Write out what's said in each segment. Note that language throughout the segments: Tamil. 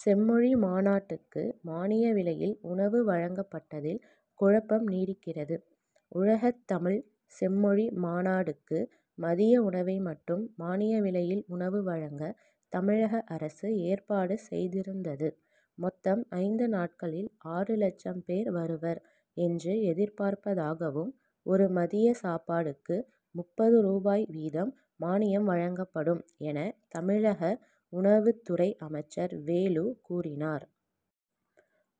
செம்மொழி மாநாட்டுக்கு மானிய விலையில் உணவு வழங்கப்பட்டதில் குழப்பம் நீடிக்கிறது. உலகத்தமிழ்ச் செம்மொழி மாநாடுக்கு, மதிய உணவை மட்டும் மானிய விலையில் உணவு வழங்க, தமிழக அரசு ஏற்பாடு செய்திருந்தது. மொத்தம் ஐந்து நாட்களில் ஆறுலட்சம் பேர் வருவர் என்று எதிர்பார்ப்பதாகவும், ஒரு மதிய சாப்பாடுக்கு முப்பது ரூபாய் வீதம் மானியம் வழங்கப்படும் என தமிழக உணவுத்துறை அமைச்சர் வேலு கூறினார்.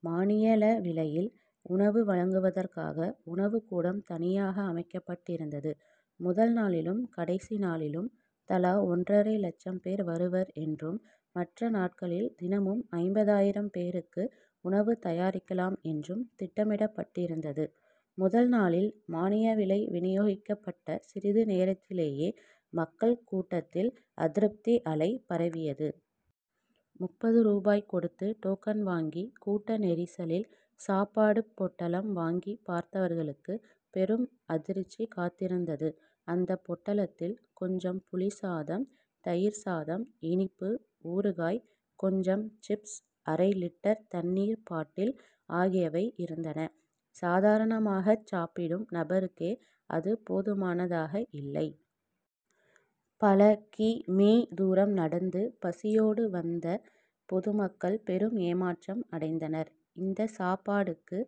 மானிய லவிலையில் உணவு வழங்குவதற்காக உணவுக்கூடம்தனியாக அமைக்கப்பட்டிருந்தது. முதல் நாளிலும், கடைசி நாளிலும் தலா ஒன்றரை லட்சம் பேர் வருவர் என்றும், மற்ற நாட்களில் தினமும் ஐம்பதாயிரம் பேருக்கு உணவு தயாரிக்கலாம் என்றும் திட்டமிடப்பட்டிருந்தது. முதல் நாளில், மானிய விலை வினியோகிக்கப்பட்ட சிறிது நேரத்திலேயே மக்கள் கூட்டத்தில் அதிருப்தி அலை பரவியது. முப்பது ரூபாய் கொடுத்து டோக்கன் வாங்கி, கூட்ட நெரிசலில் சாப்பாடுப் பொட்டலம் வாங்கிப் பார்த்தவர்களுக்கு பெரும் அதிர்ச்சி காத்திருந்தது. அந்த பொட்டலத்தில், கொஞ்சம் புளிசாதம், தயிர் சாதம், இனிப்பு, ஊறுகாய், கொஞ்சம் சிப்ஸ், அரை லிட்டர் தண்ணீர் பாட்டில் ஆகியவை இருந்தன. சாதாரணமாகச் சாப்பிடும் நபருக்கே அது போதுமானதாக இல்லை. பல கி. மீ. தூரம் நடந்து, பசியோடு வந்த பொது மக்கள் பெரும் ஏமாற்றம் அடைந்தனர். இந்த சாப்பாடுக்கு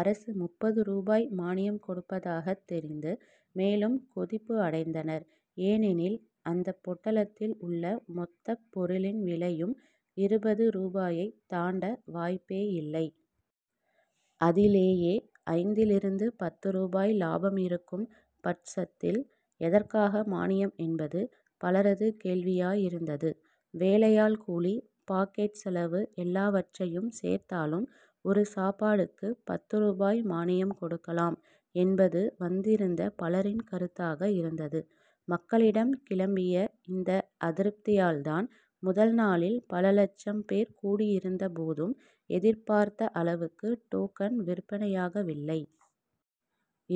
அரசு முப்பது ரூபாய் மானியம் கொடுப்பதாகத் தெரிந்து, மேலும் கொதிப்பு அடைந்தனர். ஏனெனில், அந்த பொட்டலத்தில் உள்ள மொத்தப் பொருளின் விலையும் இருபது ரூபாயைத் தாண்ட வாய்ப்பேயில்லை. அதிலேயே, ஐந்திலிருந்து பத்து ரூபாய் லாபம் இருக்கும் பட்சத்தில், எதற்காக மானியம் என்பது பலரது கேள்வியாயிருந்தது. வேலையாள் கூலி, பாக்கெட் செலவு எல்லாவற்றையும் சேர்த்தாலும், ஒரு சாப்பாடுக்கு பத்து ரூபாய் மானியம் கொடுக்கலாம் என்பது வந்திருந்த பலரின் கருத்தாக இருந்தது. மக்களிடம் கிளம்பிய இந்த அதிருப்தியால்தான், முதல் நாளில் பல லட்சம் பேர் கூடியிருந்தபோதும், எதிர்பார்த்த அளவுக்கு டோக்கன் விற்பனையாகவில்லை.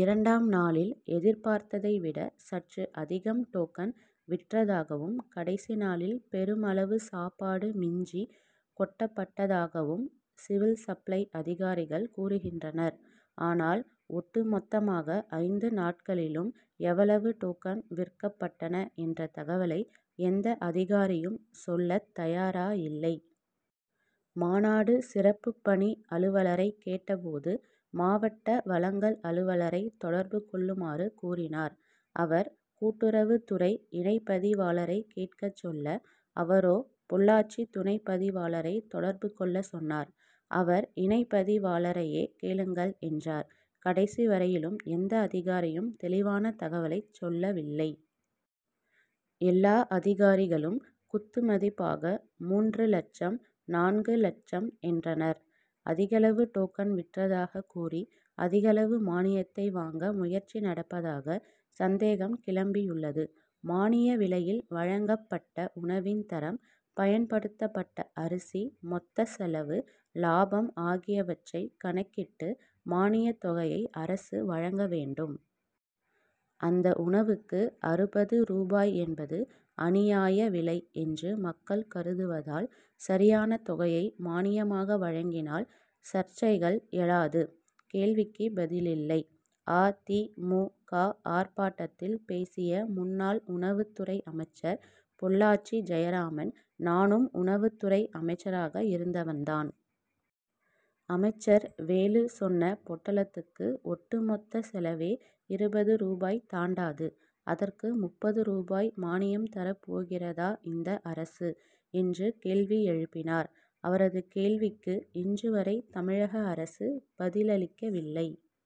இரண்டாம் நாளில் எதிர் பார்த்ததை விட சற்று அதிகம் டோக்கன் விற்றதாகவும், கடைசி நாளில் பெருமளவு சாப்பாடு மிஞ்சி, கொட்டப்பட்டதாகவும் சிவில் சப்ளை அதிகாரிகள் கூறுகின்றனர். ஆனால், ஒட்டு மொத்தமாக ஐந்து நாட்களிலும் எவ்வளவு டோக்கன் விற்கப்பட்டன என்ற தகவலை எந்த அதிகாரியும் சொல்லத் தயாராயில்லை. மாநாடு சிறப்புப் பணி அலுவலரைக் கேட்டபோது, மாவட்ட வழங்கல் அலுவலரை தொடர்பு கொள்ளுமாறு கூறினார். அவர், கூட்டுறவுத்துறை இணைப்பதிவாளரை கேட்கச் சொல்ல, அவரோ, பொள்ளாச்சி துணைப் பதிவாளரை தொடர்பு கொள்ளச் சொன்னார். அவர், இணைப்பதிவாளரையே கேளுங்கள் என்றார். கடைசி வரையிலும் எந்த அதிகாரியும் தெளிவான தகவலைச் சொல்லவில்லை. எல்லா அதிகாரிகளும் குத்து மதிப்பாக மூன்று லட்சம், நான்கு லட்சம் என்றனர். அதிகளவு டோக்கன் விற்றதாகக் கூறி, அதிகளவு மானியத்தை வாங்க முயற்சி நடப்பதாக சந்தேகம் கிளம்பியுள்ளது. மானிய விலையில் வழங்கப்பட்ட உணவின் தரம், பயன்படுத்தப்பட்ட அரிசி, மொத்தச் செலவு, லாபம் ஆகியவற்றைக் கணக்கிட்டு, மானியத் தொகையை அரசு வழங்க வேண்டும். அந்த உணவுக்கு அறுபது ரூபாய் என்பது அநியாய விலை என்று மக்கள் கருதுவதால், சரியான தொகையை மானியமாக வழங்கினால் சர்ச்சைகள் எழாது. கேள்விக்கு பதில் இல்லை: அ. தி. மு. க., ஆர்ப்பாட்டத்தில் பேசிய முன்னாள் உணவுத்துறை அமைச்சர் பொள்ளாச்சி ஜெயராமன், "நானும் உணவுத்துறை அமைச்சராக இருந்தவன் தான். அமைச்சர் வேலு சொன்ன பொட்டலத்துக்கு ஒட்டு மொத்தச் செலவே இருபது ரூபாய் தாண்டாது; அதற்கு முப்பது ரூபாய் மானியம் தரப்போகிறதா இந்த அரசு? ' என்று கேள்வி எழுப்பினார். அவரது கேள்விக்கு இன்று வரை தமிழக அரசு பதிலளிக்கவில்லை.